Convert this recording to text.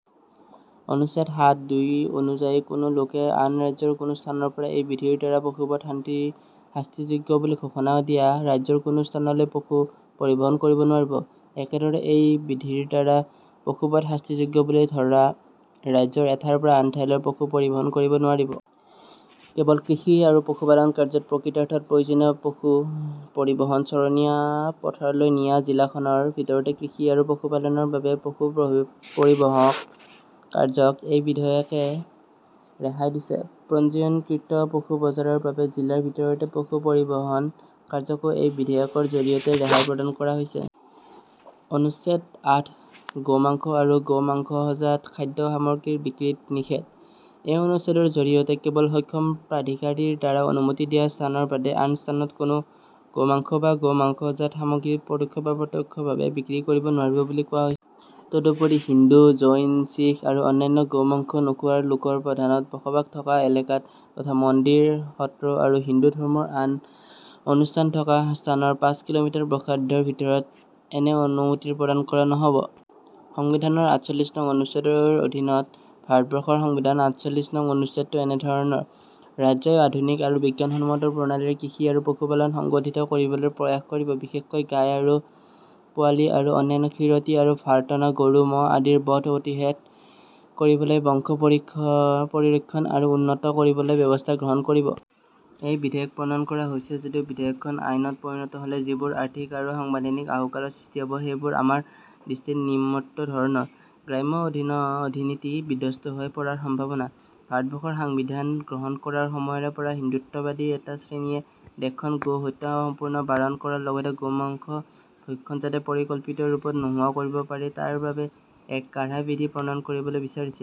অনুচ্ছেদ সাত দুই অনুযায়ী কোনো লোকে আন ৰাজ্যৰ কোনো স্থানৰ পৰা এই বিধিৰ দ্বাৰা পশুবধ শাস্তিযোগ্য বুলি ঘোষণা দিয়া ৰাজ্যৰ কোনো স্থানলৈ পশু পৰিবহন কৰিব নোৱাৰিব। একেদৰে এই বিধিৰদ্বাৰা পশুবধ শাস্তিযোগ্য বুলি ধৰা ৰাজ্যৰ এঠাইৰ পৰা আনঠাইলৈ পশু পৰিবহন কৰিব নোৱাৰিব। কেৱল কৃষি আৰু পশুপালন কাৰ্য্যত প্ৰকৃতাৰ্থত প্ৰয়োজনীয় পশু পৰিবহন চৰণীয়া পথাৰলৈ নিয়া জিলা খনৰ ভিতৰতে কৃষি আৰু পশুপালনৰ বাবে পশু পৰিবহন কাৰ্যক এই বিধেয়কে ৰেহাই দিছে। পঞ্জীয়নকৃত পশু বজাৰৰ বাবে জিলাৰ ভিতৰতে পশু পৰিবহন কাৰ্যকো এই বিধেয়কৰ জৰিয়তে ৰেহাই প্ৰদান কৰা হৈছে। অনুচ্ছেদ আঠ- গোমাংস আৰু গোমাংসজাত খাদ্য সামগ্ৰীৰ বিক্ৰীত নিষেধ। এই অনুচ্ছেদৰ জৰিয়তে কেৱল সক্ষম প্ৰাধিকাৰীৰ দ্বাৰা অনুমতি দিয়া স্থানৰ বাদে আন স্থানত কোনো গোমাংস বা গোমাংসজাত সামগ্ৰী পৰোক্ষ বা প্ৰত্যক্ষ ভাৱে বিক্ৰী কৰিব নোৱাৰিব বুলি কোৱা হৈ। তদুপৰি হিন্দু, জৈন, শিখ আৰু অন্যান্য গোমাংস নোখোৱা লোকৰ প্ৰধানত বসবাস থকা এলেকাত তথা মন্দিৰ, সত্ৰ আৰু হিন্দু ধৰ্মৰ আন অনুষ্ঠান থকা স্থানৰ পাঁচ কি:মি ব্যাসাৰ্ধৰ ভিতৰত এনে অনুমতি প্ৰদান কৰা নহ'ব। সংবিধানৰ আঠচল্লিছ নং অনুচ্ছেদৰ অধীনত ভাৰতবৰ্ষৰ সংবিধানৰ আঠচল্লিছ নং অনুচ্ছেদটো এনেধৰণৰ: ৰাজ্যই আধুনিক আৰু বিজ্ঞানসন্মত প্ৰণালীৰে কৃষি আৰু পশুপালন সংগঠিত কৰিবলৈ প্ৰয়াস কৰিব, বিশেষকৈ গাই আৰু পোৱালী আৰু অন্যান্য খীৰতী আৰু ভাৰটনা গৰু, মহ আদিৰ বধ প্ৰতিষেধ কৰিবলৈ আৰু বংশ পৰিক্ষা পৰিৰক্ষণ আৰু উন্নত কৰিবলৈ ব্যৱস্থা গ্ৰহণ কৰিব। এই বিধেয়ক প্ৰণয়ন কৰা হৈছে যদিও বিধেয়কখন আইনত পৰিণত হ'লে যিবোৰ আৰ্থিক আৰু সংবিধানিক আহুকালৰ সৃষ্টি হ'ব, সেই বোৰ আমাৰ দৃষ্টিত নিম্নোক্ত ধৰণৰ: গ্ৰাম্য অৰ্থনীতি বিধ্বস্ত হৈ পৰাৰ সম্ভাৱনা। ভাৰতবৰ্ষৰ সাংবিধান গ্ৰহণ কৰাৰ সময়ৰে পৰা হিন্দুত্ববাদী এটা শ্ৰেণীয়ে দেশখনত গো হত্যা সম্পূৰ্ণ বাৰণ কৰাৰ লগতে গোমাংস ভক্ষণ যাতে পৰিকল্পিতৰূপত নোহোৱা কৰিব পাৰি তাৰ বাবে এক কাঢ়া বিধি প্ৰণয়ন কৰিবলৈ বিচাৰিছিল।